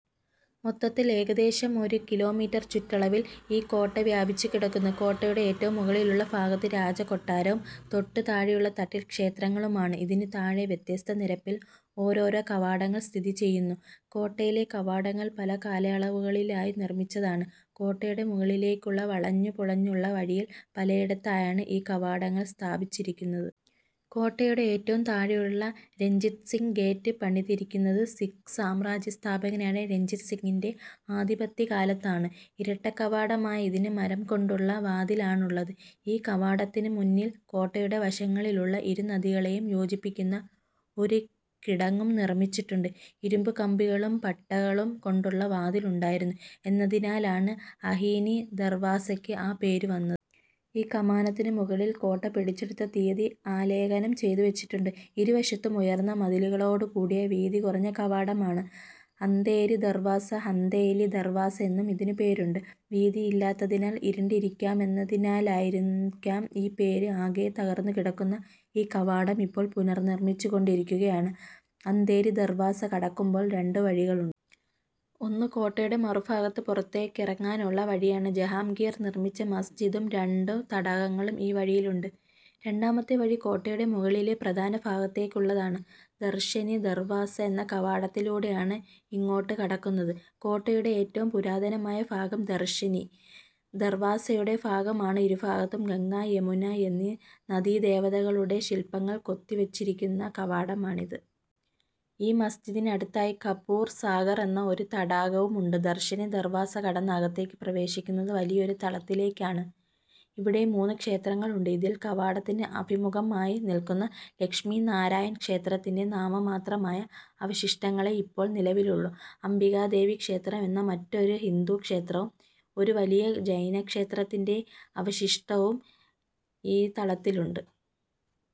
മൊത്തത്തിൽ ഏകദേശം ഒരു കിലോമീറ്റർ ചുറ്റളവിൽ ഈ കോട്ട വ്യാപിച്ചുകിടക്കുന്നു. കോട്ടയുടെ ഏറ്റവും മുകളിലുള്ള ഭാഗത്ത് രാജകൊട്ടാരവും, തൊട്ടു താഴെയുള്ള തട്ടിൽ ക്ഷേത്രങ്ങളുമാണ്. ഇതിനു താഴെ വ്യത്യസ്ത നിരപ്പിൽ ഓരോരോ കവാടങ്ങൾ സ്ഥിതി ചെയ്യുന്നു. കോട്ടയിലെ കവാടങ്ങൾ പല കാലയളവുകളിലായി നിർമ്മിച്ചതാണ്. കോട്ടയുടെ മുകളിലേക്കുള്ള വളഞ്ഞുപുളഞ്ഞുള്ള വഴിയിൽ പലയിടത്തായാണ് ഈ കവാടങ്ങൾ സ്ഥാപിച്ചിരിക്കുന്നത്. കോട്ടയുടെ ഏറ്റവും താഴെയുള്ള രഞ്ജിത് സിങ് ഗേറ്റ്' പണിതിരിക്കുന്നത് സിഖ് സാമ്രാജ്യസ്ഥാപകനായ രഞ്ജിത് സിങ്ങിന്റെ ആധിപത്യകാലത്താണ്. ഇരട്ടക്കവാടമായ ഇതിന് മരംകൊണ്ടുള്ള വാതിലാണുള്ളത്. ഈ കവാടത്തിനു മുന്നിൽ കോട്ടയുടെ വശങ്ങളിലുള്ള ഇരുനദികളെയും യോജിപ്പിക്കുന്ന ഒരു കിടങ്ങും നിർമ്മിച്ചിട്ടുണ്ട്. ഇരുമ്പുകമ്പികളും പട്ടകളും കൊണ്ടുള്ള വാതിലുണ്ടായിരുന്നു എന്നതിനാലാണ് അഹീനി ദർവാസക്ക് ആ പേരുവന്നത്. ഈ കമാനത്തിനു മുകളിൽ കോട്ട പിടിച്ചെടുത്ത തിയതി ആലേഖനം ചെയ്തുവച്ചിട്ടുണ്ട്. ഇരുവശത്തും ഉയർന്ന മതിലുകളോടുകൂടിയ വീതികുറഞ്ഞ കവാടമാണ് അന്ധേരി ദർവാസ. ഹന്ദേലി ദർവാസ എന്നും ഇതിനുപേരുണ്ട്. വീതിയില്ലാത്തതിനാൽ ഇരുണ്ടിരിക്കാമെന്നതിനാലായിരിക്കാം ഈ പേര്. ആകെ തകർന്നുകിടക്കുന്ന ഈ കവാടം ഇപ്പോൾ പുനർനിർമ്മിച്ചുകൊണ്ടിരിക്കുകയാണ്. അന്ധേരി ദർവാസ കടക്കുമ്പോൾ രണ്ട് വഴികളുണ്ട്. ഒന്ന് കോട്ടയുടെ മറുഭാഗത്തേക്ക് പുറത്തേക്കിറങ്ങാനുള്ള വഴിയാണ്. ജഹാംഗീർ നിർമ്മിച്ച മസ്ജിദും, രണ്ടു തടാകങ്ങളും ഈ വഴിയിലുണ്ട്. രണ്ടാമത്തെ വഴി കോട്ടയുടെ മുകളിലെ പ്രധാനഭാഗത്തേക്കുള്ളതാണ്. ദർശനി ദർവാസ എന്ന കവാടത്തിലൂടെയാണ് ഇങ്ങോട്ടുകടക്കുന്നത്. കോട്ടയുടെ ഏറ്റവും പുരാതനമായ ഭാഗം ദർശനി ദർവാസയുടെ ഭാഗമാണ്. ഇരുഭാഗത്തും ഗംഗ, യമുന എന്നീ നദീദേവതകളുടെ ശില്പങ്ങൾ കൊത്തിവച്ചിരിക്കുന്ന കവാടമാണിത്. ഈ മസിജിദിനടുത്തായി കപൂർ സാഗർ എന്ന ഒരു തടാകവുമുണ്ട്. ദർശനി ദർവാസ കടന്ന് അകത്തേക്ക് പ്രവേശിക്കുന്നത് വലിയൊരു തളത്തിലേക്കാണ് ഇവിടെ മൂന്നു ക്ഷേത്രങ്ങളുണ്ട്. ഇതിൽ കവാടത്തിന് അഭിമുഖമായി നിൽക്കുന്ന ലക്ഷ്മീ നാരായൺ ക്ഷേത്രത്തിന്റെ നാമമാത്രമായ അവശിഷ്ടങ്ങളേ ഇപ്പോൾ നിലവിലുള്ളൂ. അംബികാദേവി ക്ഷേത്രം എന്ന മറ്റൊരു ഹിന്ദു ക്ഷേത്രവും, ഒരു വലിയ ജൈനക്ഷേത്രത്തിന്റെ അവശിഷ്ടവും ഈ തളത്തിലുണ്ട്.